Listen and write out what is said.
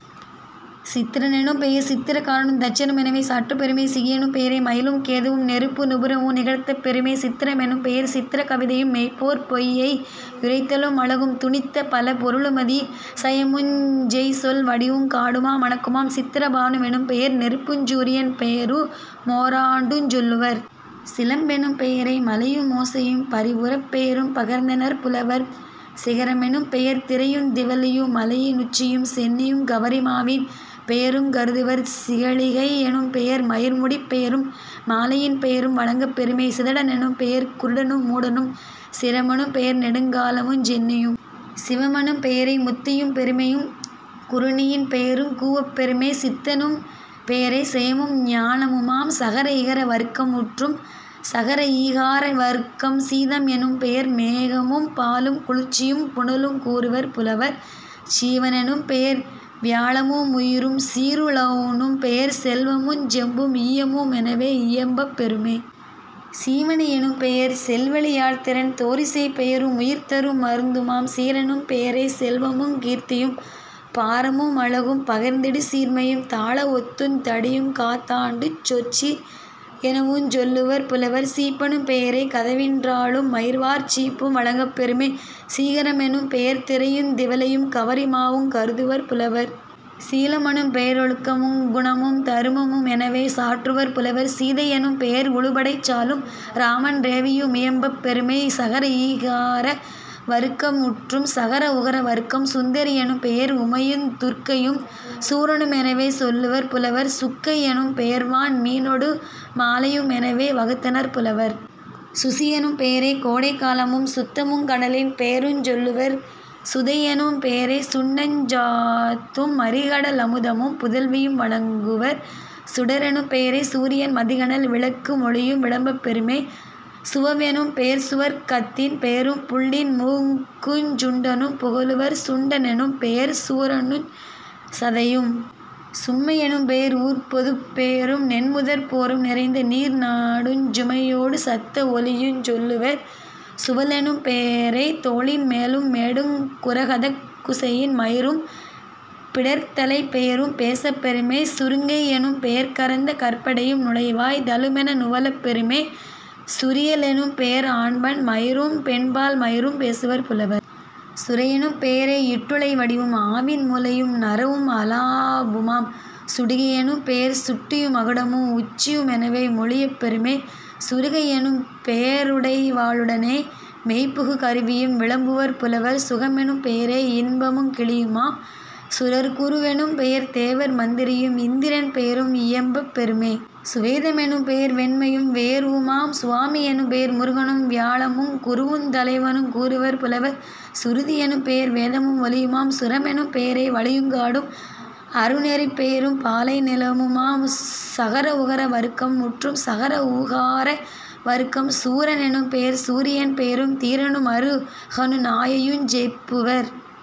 சித்திர னெனும்பெயர் சித்திர காரனுந் தச்சனு மெனவே சாற்றப் பெறுமே..... சிகியெனும் பெயரே மயிலும் கேதுவும் நெருப்பு நூபுரமு நிகழ்த்தப் பெறுமே..... சித்திர மெனும்பெயர் சித்திர கவிதையும் மெய்போற் பொய்யை யுரைத்தலு மழகும் துணித்த பலபொரு ளுமதி சயமுஞ் செய்சொல் வடிவுங் காடுமா மணக்குமாம்..... சித்திர பானு வெனும்பெயர் நெருப்புஞ் சூரியன் பெயரு மோராண்டுஞ் சொல்லுவர்..... சிலம்பெனும் பெயரே மலையு மோசையும் பரிபுரப் பெயரும் பகர்ந்தனர் புலவர்..... சிகர மெனும்பெயர் திரையுந் திவலையு। மலையி னுச்சியும் சென்னியுங் கவரி மாவின் பெயருங் கருதுவர்..... சிகழிகை யெனும்பெயர் மயிர்முடிப் பெயரும் மாலையின் பெயரும் வழங்கப் பெறுமே..... சிதட னெனும்பெயர் குருடனு மூடனும்..... சிரமெனும் பெயர்நெடுங் காலமுஞ் சென்னியும்..... சிவமெனும் பெயரே முத்தியும் பெருமையும் குறுணியின் பெயருங் கூவப் பெறுமே..... சித்தெனும் பெயரே செயமும் ஞானமுமாம்..... சகர இகர வருக்கம் முற்றும். சகர ஈகார வருக்கம் சீதம் எனும்பெயர் மேகமும் பாலும் குளிர்ச்சியும் புனலுங் கூறுவர் புலவர்..... சீவ னெனும்பெயர் வியாழமு முயிரும்..... சீரு ளெனும்பெயர் செல்வமுஞ் செம்பும் ஈயமு மெனவே இயம்பப் பெறுமே..... சீவனி யெனும்பெயர் செவ்வழி யாழ்த்திறத் தோரிசைப் பெயரு முயிர்தரு மருந்துமாம்..... சீரெனும் பெயரே செல்வமுங் கீர்த்தியும் பாரமு மழகும் பகர்ந்திடு சீர்மையும் தாள வொத்துந் தடியுங் காத்தண்டுஞ் சொற்சீர் எனவுஞ் சொல்லுவர் புலவர்..... சீப்பெனும் பெயரே கதவின் றாழும் மயிர்வார் சீப்பும் வழங்கப் பெறுமே..... சீகர மெனும்பெயர் திரையுந் திவலையும் கவரி மாவுங் கருதுவர் புலவர்..... சீல மெனும்பெய ரொழுக்கமுங் குணமும் தருமமு மெனவே சாற்றுவர் புலவர்..... சீதை யெனும்பெயர் உழுபடைச் சாலும் இராமன் றேவியு மியம்பப் பெறுமே..... சகர ஈகார வருக்கம் முற்றும். சகர உகர வருக்கம் சுந்தரி யெனும்பெயர் உமையுந் துர்க்கையும் சூரனு மெனவே சொல்லுவர் புலவர்..... சுக்கை யெனும்பெ யர்வான் மீனொடு மாலையு மெனவே வகுத்தனர் புலவர்..... சுசியெனும் பெயரே கோடைக் காலமும் சுத்தமுங் கனலின் பெயருஞ் சொல்லுவர்..... சுதையெனும் பெயரே சுண்ணச் சாந்தும் மறிகட லமுதமும் புதல்வியும் வழங்குவர்..... சுடரெனும் பெயரே சூரியன் மதிகனல் விளக்கு மொளியும் விளம்பப் பெறுமே..... சுவவெனும் பெயர்சுவர்க் கத்தின் பெயரும் புள்ளின் மூக்குஞ் சுண்டனும் புகலுவர்..... சுண்ட னெனும்பெயர் சூரனுஞ் சதையும்..... சும்மை யெனும்பெயர் ஊர்ப்பொதுப் பெயரும் நென்முதற் போரும் நிறைந்த நீர்நாடுஞ் சுமையோடு சத்த வொலியுஞ் சொல்லுவர்..... சுவலெனும் பெயரே தோளின் மேலும் மேடுங் குரகதக் குசையின் மயிரும் பிடர்த்தலைப் பெயரும் பேசப் பெறுமே..... சுருங்கை யெனும்பெயர் கரந்த கற்படையும் நுழைவாய் தலுமென நுவலப் பெறுமே..... சுரிய லெனும்பெயர் ஆண்பான் மயிரும் பெண்பால் மயிரும் பேசுவர் புலவர்..... சுரையெனும் பெயரே யுட்டுளை வடிவும் ஆவின் முலையும் நறவும் அலாபுமாம்..... சுடிகை யெனும்பெயர் சுட்டியு மகுடமும் உச்சியு மெனவே மொழியப் பெறுமே..... சுரிகை யெனும்பெய ருடைவா ளுடனே மெய்புகு கருவியும் விளம்புவர் புலவர்..... சுகமெனும் பெயரே யின்பமுங் கிளியுமாம்..... சுரர்குரு வெனும்பெயர் தேவர் மந்திரியும் இந்திரன் பெயரும் இயம்பப் பெறுமே..... சுவேத மெனும்பெயர் வெண்மையும் வெயர்வுமாம்..... சுவாமி யெனும்பெயர் முருகனும் வியாழமும் குருவுந் தலைவனுங் கூறுவர் புலவர்..... சுருதி யெனும்பெயர் வேதமும் ஒலியுமாம்..... சுரமெனும் பெயரே வழியுங் காடும் அருநெறிப் பெயரும் பாலை நிலமுமாம்..... சகர உகர வருக்கம் முற்றும். சகர ஊகார வருக்கம் சூர னெனும்பெயர் சூரியன் பெயரும் தீரனு மருகனு நாயையுஞ் செப்புவர்.